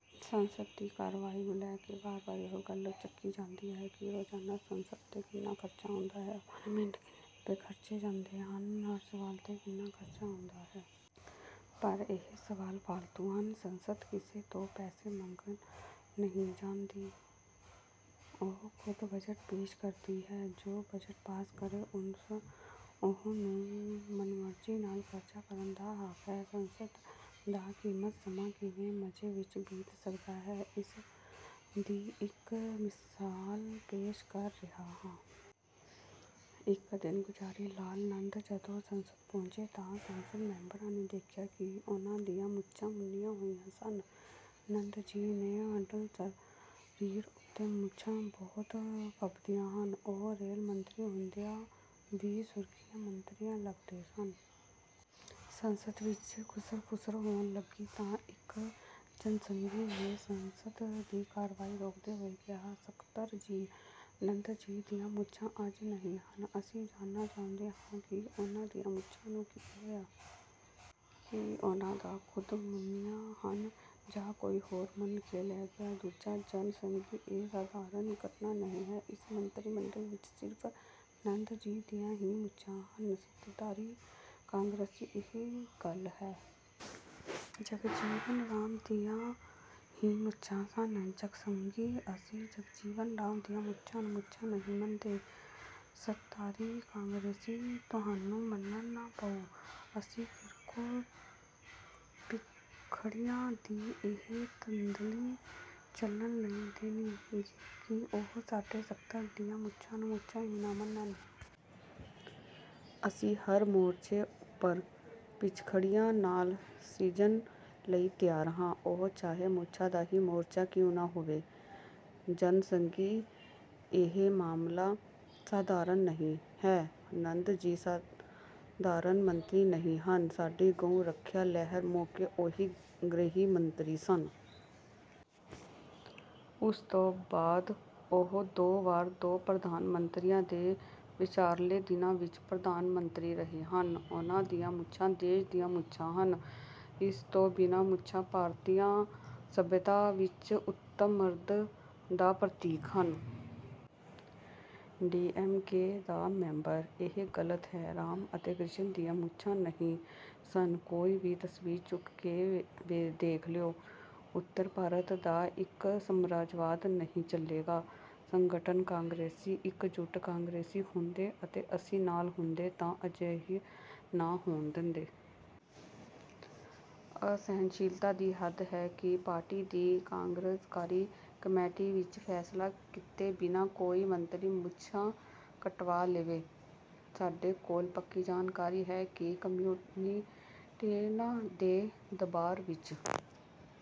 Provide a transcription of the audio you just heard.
ਸੰਸਦ ਦੀ ਕਾਰਵਾਈ ਨੂੰ ਲੈ ਕੇ ਵਾਰ-ਵਾਰ ਇਹੋ ਗੱਲ ਚੱਕੀ ਜਾਂਦੀ ਹੈ ਕਿ ਰੋਜ਼ਾਨਾ ਸੰਸਦ 'ਤੇ ਕਿੰਨਾ ਖਰਚਾ ਆਉਂਦਾ ਹੈ? ਹਰ ਮਿੰਟ ਕਿੰਨੇ ਰੁਪਏ ਖਰਚੇ ਜਾਂਦੇ ਹਨ? ਹਰ ਸਵਾਲ 'ਤੇ ਕਿੰਨਾ ਖਰਚਾ ਆਉਂਦਾ ਹੈ? ਪਰ ਇਹ ਸਵਾਲ ਫਾਲਤੂ ਹਨ। ਸੰਸਦ ਕਿਸੇ ਤੋਂ ਪੈਸੇ ਮੰਗਣ ਨਹੀਂ ਜਾਂਦੀ। ਉਹ ਖੁਦ ਬਜਟ ਪੇਸ਼ ਕਰਦੀ ਹੈ। ਜੋ ਬਜਟ ਪਾਸ ਕਰੇ, ਉਹਨੂੰ ਮਨਮਰਜ਼ੀ ਨਾਲ ਖਰਚਾ ਕਰਨ ਦਾ ਹੱਕ ਹੈ। ਸੰਸਦ ਦਾ ਕੀਮਤੀ ਸਮਾਂ ਕਿਵੇਂ ਮਜ਼ੇ ਵਿੱਚ ਬੀਤ ਸਕਦਾ ਹੈ ਇਸ ਦੀ ਇੱਕ ਮਿਸਾਲ ਪੇਸ਼ ਕਰ ਰਿਹਾ ਹਾਂ। ਇੱਕ ਦਿਨ ਗੁਲਜ਼ਾਰੀਲਾਲ ਨੰਦਾ ਜਦੋਂ ਸੰਸਦ ਪਹੁੰਚੇ ਤਾਂ ਸੰਸਦ ਮੈਂਬਰਾਂ ਨੇ ਦੇਖਿਆ ਕਿ ਉਹਨਾਂ ਦੀਆਂ ਮੁੱਛਾਂ ਮੁੰਨੀਆਂ ਹੋਈਆਂ ਹਨ। ਨੰਦਾ ਜੀ ਦੇ ਹੱਡਲ ਸਰੀਰ ਉੱਪਰ ਮੁੱਛਾਂ ਬਹੁਤ ਫੱਬਦੀਆਂ ਹਨ। ਉਹ ਰੇਲ ਮੰਤਰੀ ਹੁੰਦਿਆਂ ਵੀ ਸੁਰੱਖਿਆ ਮੰਤਰੀ ਲਗਦੇ ਹਨ। ਸੰਸਦ ਵਿੱਚ ਘੁਸਰ-ਮੁਸਰ ਹੋਣ ਲੱਗੀ ਤਾਂ ਇੱਕ ਜਨਸੰਘੀ ਨੇ ਸੰਸਦ ਦੀ ਕਾਰਵਾਈ ਰੋਕਦੇ ਹੋਏ ਕਿਹਾ, "ਸਕੱਤਰ ਜੀ, ਨੰਦਾ ਜੀ ਦੀਆਂ ਮੁੱਛਾਂ ਅੱਜ ਨਹੀਂ ਹਨ। ਅਸੀਂ ਜਾਣਨਾ ਚਾਹੁੰਦੇ ਹਾਂ ਕਿ ਉਹਨਾਂ ਦੀਆਂ ਮੁੱਛਾਂ ਨੂੰ ਕੀ ਹੋਇਆ? ਕੀ ਉਹਨਾਂ ਖੁਦ ਮੁੰਨੀਆਂ ਹਨ ਜਾਂ ਕੋਈ ਹੋਰ ਮੁੰਨ ਕੇ ਲੈ ਗਿਆ?" ਦੂਜਾ ਜਨ ਸੰਘੀ, "ਇਹ ਸਧਾਰਨ ਘਟਨਾ ਨਹੀਂ ਹੈ। ਇਸ ਮੰਤਰੀ ਮੰਡਲ ਵਿੱਚ ਸਿਰਫ ਨੰਦਾ ਜੀ ਦੀਆਂ ਹੀ ਮੁੱਛਾਂ ਹਨ।" ਸੱਤਾਧਾਰੀ ਕਾਂਗਰਸੀ, "ਇਹ ਗਲਤ ਹੈ। ਜਗਜੀਵਨ ਰਾਮ ਦੀਆਂ ਵੀ ਮੁੱਛਾਂ ਹਨ।" ਜਨਸੰਘੀ, "ਅਸੀਂ ਜਗਜੀਵਨ ਰਾਮ ਦੀਆਂ ਮੁੱਛਾਂ ਨੂੰ ਮੁੱਛਾਂ ਨਹੀਂ ਮੰਨਦੇ।" ਸੱਤਾਧਾਰੀ ਕਾਂਗਰਸੀ, "ਤੁਹਾਨੂੰ ਮੰਨਣਾ ਪਊ। ਅਸੀਂ ਫਿਰਕੂ ਪਿਛਾਖੜੀਆਂ ਦੀ ਇਹ ਧਾਂਦਲੀ ਚੱਲਣ ਨਹੀਂ ਦਿਆਂਗੇ ਕਿ ਉਹ ਸਾਡੇ ਸਕੱਤਰ ਦੀਆਂ ਮੁੱਛਾਂ ਨੂੰ ਮੁੱਛਾਂ ਹੀ ਨਾ ਮੰਨਣ। ਅਸੀਂ ਹਰ ਮੋਰਚੇ ਉੱਪਰ ਪਿਛਾਖੜੀਆਂ ਨਾਲ ਸਿੱਝਣ ਲਈ ਤਿਆਰ ਹਾਂ ਉਹ ਚਾਹੇ ਮੁੱਛਾਂ ਦਾ ਹੀ ਮੋਰਚਾ ਕਿਉਂ ਨਾ ਹੋਵੇ।" ਜਨਸੰਘੀ, "ਇਹ ਮਾਮਲਾ ਸਧਾਰਨ ਨਹੀਂ ਹੈ। ਨੰਦਾ ਜੀ ਸਧਾਰਨ ਮੰਤਰੀ ਨਹੀਂ ਹਨ। ਸਾਡੀ ਗਊ ਰੱਖਿਆ ਲਹਿਰ ਮੌਕੇ ਉਹੀ ਗ੍ਰਹਿ ਮੰਤਰੀ ਸਨ। ਉਸ ਤੋਂ ਬਾਅਦ ਉਹ ਦੋ ਵਾਰ ਦੋ ਪ੍ਰਧਾਨ ਮੰਤਰੀਆਂ ਦੇ ਵਿਚਕਾਰਲੇ ਦਿਨਾਂ ਵਿੱਚ ਪ੍ਰਧਾਨ ਮੰਤਰੀ ਰਹੇ ਹਨ। ਉਹਨਾਂ ਦੀਆਂ ਮੁੱਛਾਂ ਦੇਸ਼ ਦੀਆਂ ਮੁੱਛਾਂ ਹਨ। ਇਸ ਤੋਂ ਬਿਨਾਂ ਮੁੱਛਾਂ ਭਾਰਤੀ ਸੱਭਿਅਤਾ ਵਿੱਚ ਉੱਤਮ ਮਰਦ ਦਾ ਪ੍ਰਤੀਕ ਹਨ।" ਡੀ. ਐਮ. ਕੇ. ਦਾ ਮੈਂਬਰ, "ਇਹ ਗਲਤ ਹੈ। ਰਾਮ ਅਤੇ ਕ੍ਰਿਸ਼ਨ ਦੀਆਂ ਮੁੱਛਾਂ ਨਹੀਂ ਸਨ। ਕੋਈ ਵੀ ਤਸਵੀਰ ਚੁੱਕ ਕੇ ਦੇਖ ਲਉ। ਉੱਤਰ ਭਾਰਤ ਦਾ ਇਹ ਸਾਮਰਾਜਵਾਦ ਨਹੀਂ ਚੱਲੇਗਾ।" ਸੰਗਠਨ ਕਾਂਗਰਸੀ, "ਇੱਕਜੁੱਟ ਕਾਂਗਰਸ ਹੁੰਦੀ ਅਤੇ ਅਸੀਂ ਨਾਲ ਹੁੰਦੇ ਤਾਂ ਅਜਿਹਾ ਨਾ ਹੋਣ ਦਿੰਦੇ। ਅਸਹਿਣਸ਼ੀਲਤਾ ਦੀ ਹੱਦ ਹੈ ਕਿ ਪਾਰਟੀ ਦੀ ਕਾਰਜਕਾਰੀ ਕਮੇਟੀ ਵਿੱਚ ਫੈਸਲਾ ਕੀਤੇ ਬਿਨਾਂ ਕੋਈ ਮੰਤਰੀ ਮੁੱਛਾਂ ਕਟਾ ਲਵੇ। ਸਾਡੇ ਕੋਲ ਪੱਕੀ ਜਾਣਕਾਰੀ ਹੈ ਕਿ ਕਮਿਊਨਿਸਟਾਂ ਦੇ ਦਬਾਅ ਵਿੱਚ